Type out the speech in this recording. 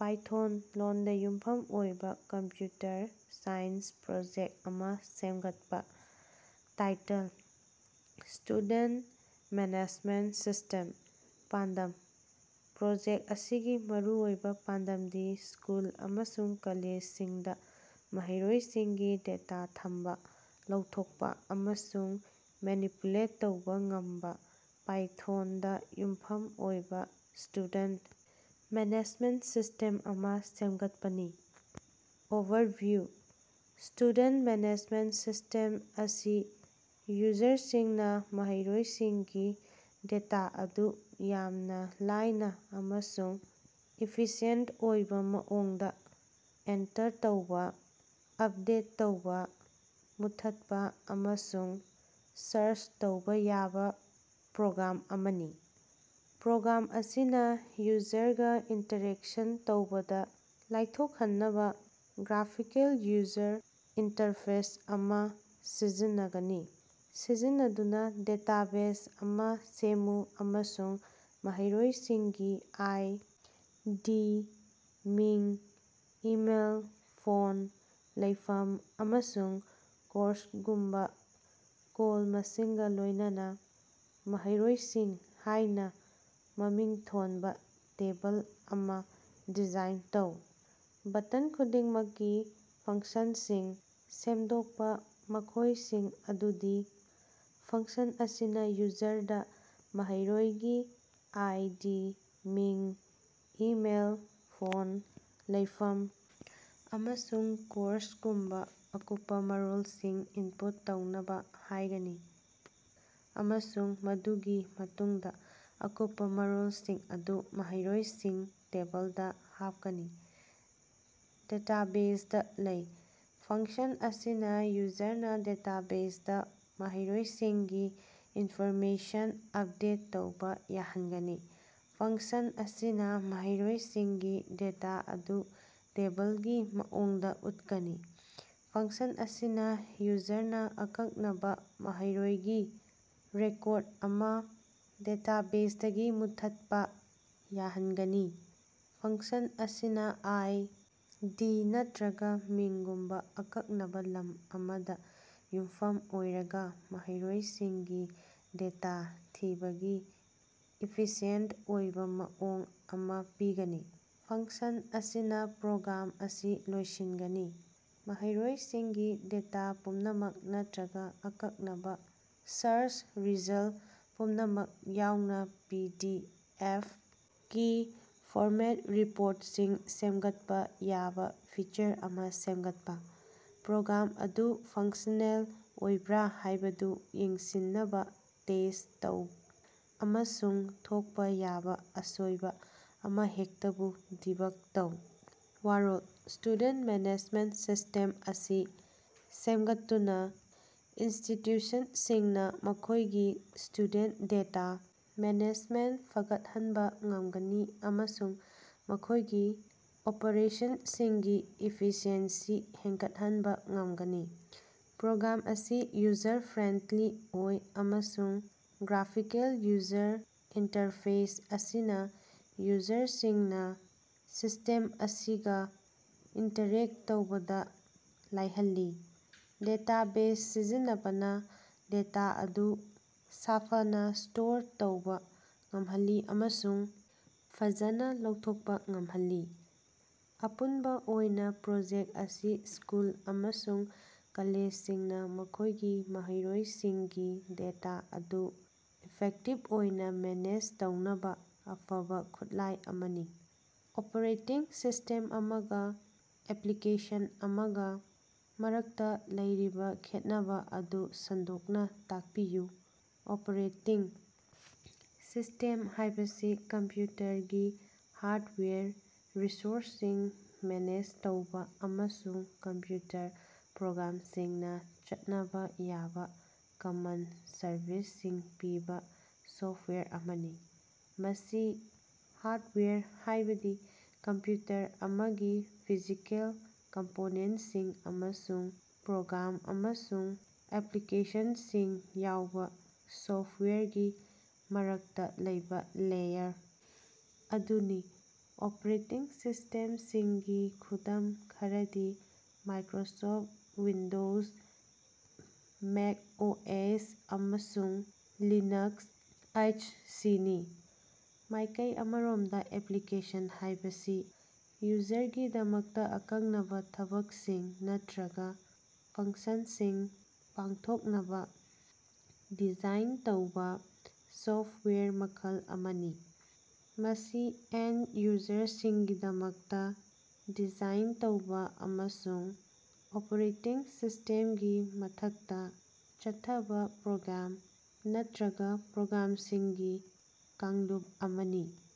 Python ꯂꯣꯟꯗ ꯌꯨꯝꯐꯝ ꯑꯣꯏꯕ ꯀꯝꯄ꯭ꯌꯨꯇꯔ ꯁꯥꯏꯟꯁ ꯄ꯭ꯔꯣꯖꯦꯛ ꯑꯃ ꯁꯦꯝꯒꯠꯄ꯫ Title: student management system. ꯄꯥꯟꯗꯝ: ꯄ꯭ꯔꯣꯖꯦꯛ ꯑꯁꯤꯒꯤ ꯃꯔꯨꯑꯣꯏꯕ ꯄꯥꯟꯗꯝꯗꯤ ꯁ꯭ꯀꯨꯜ ꯑꯃꯁꯨꯡ ꯀꯣꯂꯦꯖꯁꯤꯡꯗ ꯃꯍꯩꯔꯣꯏꯁꯤꯡꯒꯤ ꯗꯦꯇꯥ ꯊꯝꯕ, ꯂꯧꯊꯣꯛꯄ ꯑꯃꯁꯨꯡ ꯃꯦꯅꯤꯄꯨꯂꯦꯠ ꯇꯧꯕ ꯉꯝꯕ ꯄꯥꯏꯊꯣꯟꯗ ꯌꯨꯝꯐꯝ ꯑꯣꯏꯕ ꯁ꯭ꯇꯨꯗꯦꯟ ꯃꯦꯅꯦꯖꯃꯦꯟꯠ ꯁꯤꯁ꯭ꯇꯦꯝ ꯑꯃ ꯁꯦꯝꯒꯠꯄꯅꯤ꯫ ꯑꯣꯚꯔꯚꯤꯌꯨ: ꯁ꯭ꯇꯨꯗꯦꯟ ꯃꯦꯅꯦꯖꯃꯦꯟꯠ ꯁꯤꯁ꯭ꯇꯦꯝ ꯑꯁꯤ ꯌꯨꯖꯔꯁꯤꯡꯅ ꯃꯍꯩꯔꯣꯏꯁꯤꯡꯒꯤ ꯗꯦꯇꯥ ꯑꯗꯨ ꯌꯥꯝꯅ ꯂꯥꯏꯅ ꯑꯃꯁꯨꯡ ꯏꯐꯤꯁꯤꯑꯦꯟꯇ ꯑꯣꯏꯕ ꯃꯑꯣꯡꯗ ꯑꯦꯟꯇꯔ ꯇꯧꯕ, ꯑꯞꯗꯦꯠ ꯇꯧꯕ, ꯃꯨꯠꯊꯠꯄ ꯑꯃꯁꯨꯡ ꯁ꯭ꯔꯆ ꯇꯧꯕ ꯌꯥꯕ ꯄ꯭ꯔꯣꯒ꯭ꯔꯥꯝ ꯑꯃꯅꯤ꯫ ꯄ꯭ꯔꯣꯒ꯭ꯔꯥꯝ ꯑꯁꯤꯅ ꯌꯨꯖꯔꯒ ꯏꯟꯇꯔꯦꯛꯁꯟ ꯇꯧꯕꯗ ꯂꯥꯏꯊꯣꯛꯍꯟꯅꯕ ꯒ꯭ꯔꯥꯐꯤꯀꯦꯜ ꯌꯨꯖꯔ ꯏꯟꯇꯔꯐꯦꯁ ꯑꯃ ꯁꯤꯖꯤꯟꯅꯒꯅꯤ꯫ ꯁꯤꯖꯤꯟꯅꯗꯨꯅ ꯗꯦꯇꯥꯕꯦꯖ ꯑꯃ ꯁꯦꯝꯃꯨ ꯑꯃꯁꯨꯡ ꯃꯍꯩꯔꯣꯏꯁꯤꯡꯒꯤ ꯑꯥꯏ. ꯗꯤ. ꯃꯤꯡ, ꯏꯃꯦꯜ, ꯐꯣꯟ, ꯂꯩꯐꯝ, ꯑꯃꯁꯨꯡ ꯀꯣꯔꯁꯒꯨꯝꯕ ꯀꯣꯂꯝꯁꯤꯡꯒ ꯂꯣꯏꯅꯅ 'ꯃꯍꯩꯔꯣꯏꯁꯤꯡ' ꯍꯥꯏꯅ ꯃꯃꯤꯡ ꯊꯣꯟꯕ ꯇꯦꯕꯜ ꯑꯃ ꯗꯤꯖꯥꯏꯟ ꯇꯧ꯫ ꯕꯇꯟ ꯈꯨꯗꯤꯡꯃꯛꯀꯤ ꯐꯪꯁꯟꯁꯤꯡ ꯁꯦꯝꯗꯣꯛꯄ, ꯃꯈꯣꯏꯁꯤꯡ ꯑꯗꯨꯗꯤ: ꯐꯪꯁꯟ ꯑꯁꯤꯅ ꯌꯨꯖꯔꯗ ꯃꯍꯩꯔꯣꯏꯒꯤ ꯑꯥꯏ. ꯗꯤ., ꯃꯤꯡ, ꯏꯃꯦꯜ, ꯐꯣꯟ, ꯂꯩꯐꯝ ꯑꯃꯁꯨꯡ ꯀꯣꯔꯁꯒꯨꯝꯕ ꯑꯀꯨꯞꯄ ꯃꯔꯣꯜꯁꯤꯡ ꯏꯟꯄꯨꯠ ꯇꯧꯅꯕ ꯍꯥꯏꯒꯅꯤ ꯑꯃꯁꯨꯡ ꯃꯗꯨꯒꯤ ꯃꯇꯨꯡꯗ ꯑꯀꯨꯞꯄ ꯃꯔꯣꯜꯁꯤꯡ ꯑꯗꯨ 'ꯃꯍꯩꯔꯣꯏꯁꯤꯡ' ꯇꯦꯕꯜꯗ ꯍꯥꯞꯀꯅꯤ꯫ ꯗꯦꯇꯥꯕꯦꯖꯗ ꯂꯩ: ꯐꯪꯁꯟ ꯑꯁꯤꯅ ꯌꯨꯖꯔꯅ ꯗꯦꯇꯥꯕꯦꯖꯗ ꯃꯍꯩꯔꯣꯏꯁꯤꯡꯒꯤ ꯏꯟꯐꯣꯔꯃꯦꯁꯟ ꯑꯞꯗꯦꯠ ꯇꯧꯕ ꯌꯥꯍꯟꯒꯅꯤ꯫ ꯐꯉ꯭ꯀꯁꯟ ꯑꯁꯤꯅ ꯃꯍꯩꯔꯣꯏꯁꯤꯡꯒꯤ ꯗꯦꯇꯥ ꯑꯗꯨ ꯇꯦꯕꯜꯒꯤ ꯃꯑꯣꯡꯗ ꯎꯠꯀꯅꯤ꯫ ꯐꯪꯁꯟ ꯑꯁꯤꯅ ꯌꯨꯖꯔꯅ ꯑꯀꯛꯅꯕ ꯃꯍꯩꯔꯣꯏꯒꯤ ꯔꯦꯀꯣꯔꯗ ꯑꯃ ꯗꯦꯇꯥꯕꯦꯖꯗꯒꯤ ꯃꯨꯠꯊꯠꯄ ꯌꯥꯍꯟꯒꯅꯤ꯫ ꯐꯪꯁꯟ ꯑꯁꯤꯅ ꯑꯥꯏ. ꯗꯤ. ꯅꯠꯇꯔꯒ ꯃꯤꯡꯒꯨꯝꯕ ꯑꯀꯛꯅꯕ ꯂꯝ ꯑꯃꯗ ꯌꯨꯝꯐꯝ ꯑꯣꯏꯔꯒ ꯃꯍꯩꯔꯣꯏꯁꯤꯡꯒꯤ ꯗꯦꯇꯥ ꯊꯤꯕꯒꯤ ꯏꯐꯤꯁꯤꯌꯦꯟꯇ ꯑꯣꯏꯕ ꯃꯑꯣꯡ ꯑꯃ ꯄꯤꯒꯅꯤ꯫ ꯐꯪꯁꯟ ꯑꯁꯤꯅ ꯄ꯭ꯔꯣꯒ꯭ꯔꯥꯝ ꯑꯁꯤ ꯂꯣꯏꯁꯤꯟꯒꯅꯤ꯫ ꯃꯍꯩꯔꯣꯏꯁꯤꯡꯒꯤ ꯗꯦꯇꯥ ꯄꯨꯝꯅꯃꯛ ꯅꯠꯇ꯭ꯔꯒ ꯑꯀꯛꯅꯕ ꯁ꯭ꯔꯆ ꯔꯤꯖꯜꯠ ꯄꯨꯝꯅꯃꯛ ꯌꯥꯎꯅ ꯄꯤ. ꯗꯤ. ꯑꯦꯐ. ꯀꯤ ꯐꯣꯔꯃꯦꯠꯇ ꯔꯤꯄꯣꯔꯠꯁꯤꯡ ꯁꯦꯃꯒꯠꯄ ꯌꯥꯕ ꯐꯤꯆꯔ ꯑꯃ ꯁꯦꯝꯒꯠꯄ꯫ ꯄ꯭ꯔꯣꯒ꯭ꯔꯥꯝ ꯑꯗꯨ ꯐꯪꯁꯅꯦꯜ ꯑꯣꯏꯕ꯭ꯔꯥ ꯍꯥꯏꯕꯗꯨ ꯌꯦꯡꯁꯤꯟꯅꯕ ꯇꯦꯁ ꯇꯧ ꯑꯃꯁꯨꯡ ꯊꯣꯛꯄ ꯌꯥꯕ ꯑꯁꯣꯏꯕ ꯑꯃꯍꯦꯛꯇꯕꯨ ꯗꯤꯕꯒ ꯇꯧ꯫ ꯋꯥꯔꯣꯜ: ꯁ꯭ꯇꯨꯗꯦꯟ ꯃꯦꯅꯦꯖꯃꯦꯟꯠ ꯁꯤꯁ꯭ꯇꯦꯝ ꯑꯁꯤ ꯁꯦꯝꯒꯠꯇꯨꯅ ꯏꯟꯁꯇꯤꯇ꯭ꯌꯨꯁꯟꯁꯤꯡꯅ ꯃꯈꯣꯏꯒꯤ ꯁ꯭ꯇꯨꯗꯦꯟ ꯗꯦꯇꯥ ꯃꯦꯅꯦꯖꯃꯦꯟꯠ ꯐꯒꯠꯍꯟꯕ ꯉꯝꯒꯅꯤ ꯑꯃꯁꯨꯡ ꯃꯈꯣꯏꯒꯤ ꯑꯣꯄꯔꯦꯁꯟꯁꯤꯡꯒꯤ ꯏꯐꯤꯁꯤꯑꯦꯟꯁꯤ ꯍꯦꯟꯒꯠꯍꯟꯕ ꯉꯝꯒꯅꯤ꯫ ꯄ꯭ꯔꯣꯒ꯭ꯔꯥꯝ ꯑꯁꯤ ꯌꯨꯖꯔ-ꯐ꯭ꯔꯦꯟꯂꯤ ꯑꯣꯏ ꯑꯃꯁꯨꯡ ꯒ꯭ꯔꯥꯐꯤꯀꯦꯜ ꯌꯨꯖꯔ ꯏꯟꯇꯔꯐꯦꯁ ꯑꯁꯤꯅ ꯌꯨꯖꯔꯁꯤꯡꯅ ꯁꯤꯁ꯭ꯇꯦꯝ ꯑꯁꯤꯒ ꯏꯟꯇꯔꯦꯛ ꯇꯧꯕꯗ ꯂꯥꯏꯍꯜꯂꯤ꯫ ꯗꯦꯇꯥꯕꯦꯖ ꯁꯤꯖꯤꯟꯅꯕꯅ ꯗꯦꯇꯥ ꯑꯗꯨ ꯁꯥꯐꯅꯥ ꯁ꯭ꯇꯣꯔ ꯇꯧꯕ ꯉꯝꯍꯜꯂꯤ ꯑꯃꯁꯨꯡ ꯐꯖꯅ ꯂꯧꯊꯣꯛꯄ ꯉꯝꯍꯜꯂꯤ꯫ ꯑꯄꯨꯟꯕ ꯑꯣꯏꯅ, ꯄ꯭ꯔꯣꯖꯦꯛ ꯑꯁꯤ ꯁ꯭ꯀꯨꯜ ꯑꯃꯁꯨꯡ ꯀꯣꯂꯦꯖꯁꯤꯡꯅ ꯃꯈꯣꯏꯒꯤ ꯃꯍꯩꯔꯣꯏꯁꯤꯡꯒꯤ ꯗꯦꯇꯥ ꯑꯗꯨ ꯏꯐꯦꯛꯇꯤꯚ ꯑꯣꯏꯅ ꯃꯦꯅꯦꯖ ꯇꯧꯅꯕ ꯑꯐꯕ ꯈꯨꯠꯂꯥꯏ ꯑꯃꯅꯤ꯫ ꯑꯣꯄꯔꯦꯇꯤꯡ ꯁꯤꯁ꯭ꯇꯦꯝ ꯑꯃꯒ ꯑꯦꯄ꯭ꯂꯤꯀꯦꯁꯟ ꯑꯃꯒ ꯃꯔꯛꯇ ꯂꯩꯔꯤꯕ ꯈꯦꯠꯅꯕ ꯑꯗꯨ ꯁꯟꯗꯣꯛꯅ ꯇꯥꯛꯄꯤꯌꯨ꯫ ꯑꯣꯄꯔꯦꯇꯤꯡ ꯁꯤꯁ꯭ꯇꯦꯝ ꯍꯥꯏꯕꯁꯤ ꯀꯝꯄ꯭ꯌꯨꯇꯔꯒꯤ ꯍꯥꯔꯗꯋꯥꯌꯔ, ꯔꯤꯁꯣꯔꯁꯁꯤꯡ ꯃꯦꯅꯦꯖ ꯇꯧꯕ ꯑꯃꯁꯨꯡ ꯀꯝꯄ꯭ꯌꯨꯇꯔ ꯄ꯭ꯔꯣꯒ꯭ꯔꯥꯝꯁꯤꯡꯅ ꯆꯠꯅꯕ ꯌꯥꯕ ꯀꯃꯟ ꯁꯔꯚꯤꯁꯁꯤꯡ ꯄꯤꯕ ꯁꯣꯐꯋꯥꯌꯔ ꯑꯃꯅꯤ꯫ ꯃꯁꯤ ꯍꯥꯔꯗꯋꯥꯌꯔ, ꯍꯥꯏꯕꯗꯤ ꯀꯝꯄ꯭ꯌꯨꯇꯔ ꯑꯃꯒꯤ ꯐꯤꯖꯤꯀꯦꯜ ꯀꯝꯄꯣꯅꯦꯟꯠꯁꯤꯡ ꯑꯃꯁꯨꯡ ꯄ꯭ꯔꯣꯒ꯭ꯔꯥꯝ ꯑꯃꯁꯨꯡ ꯑꯦꯄ꯭ꯂꯤꯀꯦꯁꯟꯁꯤꯡ ꯌꯥꯎꯕ ꯁꯣꯐꯋꯥꯌꯔꯒꯤ ꯃꯔꯛꯇ ꯂꯩꯕ ꯂꯦꯌꯔ ꯑꯗꯨꯅꯤ꯫ ꯑꯣꯄꯔꯦꯇꯤꯡ ꯁꯤꯁ꯭ꯇꯦꯝꯁꯤꯡꯒꯤ ꯈꯨꯗꯝ ꯈꯔꯗꯤ ꯃꯥꯏꯀ꯭ꯔꯣꯁꯣꯐ ꯋꯤꯟꯗꯣꯖ, ꯃꯦꯀꯑꯣꯑꯦꯁ, ꯑꯃꯁꯨꯡ ꯂꯤꯅꯛꯁ ꯑꯌꯁꯤꯅꯤ꯫ ꯃꯥꯏꯀꯩ ꯑꯃꯔꯣꯝꯗ ꯑꯦꯄ꯭ꯂꯤꯀꯦꯁꯟ ꯍꯥꯏꯕꯁꯤ ꯌꯨꯖꯔꯒꯤꯗꯃꯛꯇ ꯑꯀꯛꯅꯕ ꯊꯕꯛꯁꯤꯡ ꯅꯠꯇ꯭ꯔꯒ ꯐꯪꯁꯟꯁꯤꯡ ꯄꯥꯡꯊꯣꯛꯅꯕ ꯗꯤꯖꯥꯏꯟ ꯇꯧꯕ ꯁꯣꯐꯋꯥꯌꯔ ꯃꯈꯜ ꯑꯃꯅꯤ꯫ ꯃꯁꯤ ꯑꯦꯟꯗ-ꯌꯨꯖꯔꯁꯤꯡꯒꯤꯗꯃꯛꯇ ꯗꯤꯖꯥꯏꯟ ꯇꯧꯕ ꯑꯃꯁꯨꯡ ꯑꯣꯄꯔꯦꯇꯤꯡ ꯁꯤꯁ꯭ꯇꯦꯝꯒꯤ ꯃꯊꯛꯇ ꯆꯠꯊꯕ ꯄ꯭ꯔꯣꯒ꯭ꯔꯥꯝ ꯅꯠꯇ꯭ꯔꯒ ꯄ꯭ꯔꯣꯒ꯭ꯔꯥꯝꯁꯤꯡꯒꯤ ꯀꯥꯡꯂꯨꯞ ꯑꯃꯅꯤ꯫